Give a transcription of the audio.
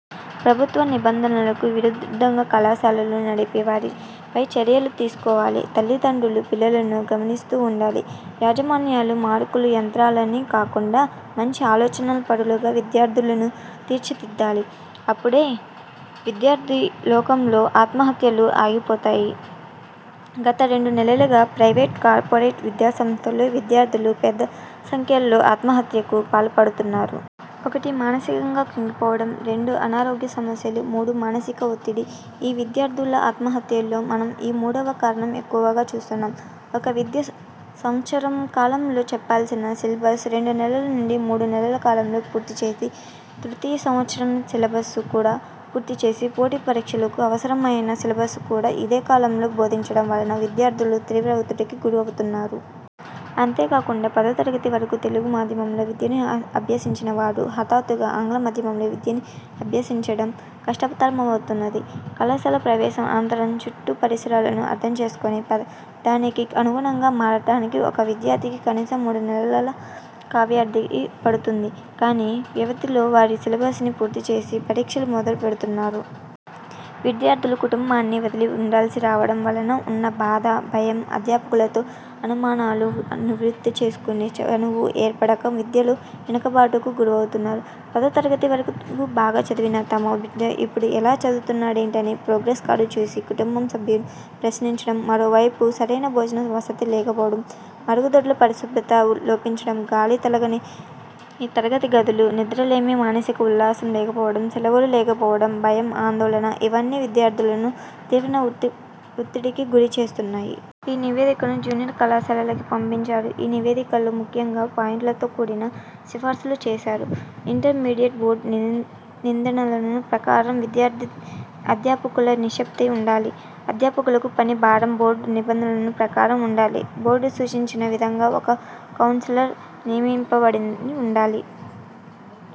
ప్రభుత్వ నిబంధనలకు విరుద్ధంగా కళాశాలలు నడిపే వారిపై చర్యలు తీసుకోవాలి. తల్లిదండ్రులు పిల్లలను గమనిస్తూ ఉండాలి. యాజమాన్యాలు మార్కుల యంత్రాలని కాకుండా మంచి ఆలోచనాపరులుగా విద్యార్థులను తీర్చిదిద్దాలి. అప్పుడే విద్యార్థి లోకంలో ఆత్మహత్యలు ఆగిపోతాయి. గత రెండు నెలలుగా ప్రయివేటు, కార్పొరేట్ విద్యాసంస్థల్లో విద్యార్థులు పెద్దసంఖ్యలో ఆత్మహత్యలకు పాల్పడుతున్నారు. ఒకటి మానసికంగా కుంగిపోవడం, రెండు ఆరోగ్యసమస్యలు, మూడు మానసిక ఒత్తిడి. ఈ విద్యార్థుల ఆత్మహత్యలలో మనం ఈ మూడవ కారణం ఎక్కువగా చూస్తున్నాం. ఒక విద్యా సంవత్సరం కాలంలో చెప్పాల్సిన సిలబస్ రెండు నెలల నుండి మూడు నెలల కాలంలో పూర్తిచేసి ద్వితీయ సంవత్సరం సిలబస్ను కూడా పూర్తిచేసి పోటీ పరీక్షలకు అవసరమైన సిలబస్ను కూడా ఇదే కాలంలో భోదించడం వలన విద్యార్థులు తీవ్ర ఒత్తిడికి గురవుతున్నారు. అంతేకాకుండా పదోతరగతి వరకు తెలుగు మాధ్యమంలో విద్యని అభ్యసించిన వారు హఠాత్తుగా ఆంగ్ల మాధ్యమంలో విద్యని అభ్యసించడం కష్టతరమవుతున్నది. కళాశాల ప్రవేశం అనంతరం చుట్టూ పరిసరాలను అర్థం చేసుకొని దానికి అనుగుణంగా మారటానికి ఒక విద్యార్థికి కనీసం మూడు నెలల కాలవ్యవధి పడుతుంది. కానీ ఆ వ్యవధిలో వారి సిలబస్ని పూర్తిచేసి పరీక్షలు మొదలు పెడుతున్నారు. విద్యార్థులు కుటుంబాన్ని వదిలి ఉండాల్సి రావటం వలన ఉన్న బాధ, భయం, అధ్యాపకులతో అనుమానాలు నివృత్తి చేసుకొనే చనువు ఏర్పడక విద్యలో వెనుకుబాటుకు గురవుతున్నారు. పదోతరగతి వరకు బాగా చదివిన తమ బిడ్డ ఇపుడు ఇలా చదువుతున్నాడేంటని ప్రోగ్రెస్ కార్డు చూసిన కుటుంబ సభ్యులు ప్రశ్నించడం, మరోవైపు సరైన భోజన వసతి లేకపోవడం, మరుగుదొడ్ల పరిశుభ్రత లోపించడం, గాలి తగలని తరగతి గదులు, నిద్రలేమి, మానసిక ఉల్లాసం లేకపోవడం, సెలవులు లేకపోవడం, భయం, ఆందోళన ఇవన్నీ విద్యార్థులను తీవ్ర ఒత్తిడికి గురి చేస్తున్నాయి. ఈ నివేదికను జూనియర్ కళాశాలలకి పంపించారు. ఈ నివేదికలో ముఖ్యంగా పాయింట్లతో కూడిన సిఫార్సులు చేసారు. ఇంటర్ మీడియట్ బోర్డు నిబంధనల ప్రకారం విద్యార్థి, అధ్యాపకుల నిష్పత్తి ఉండాలి. అధ్యాపకుల పని భారం బోర్డు నిబంధనల ప్రకారం ఉండాలి. బోర్డు సూచించిన విధంగా ఒక కౌన్సిలర్ నియమింపబడి ఉండాలి.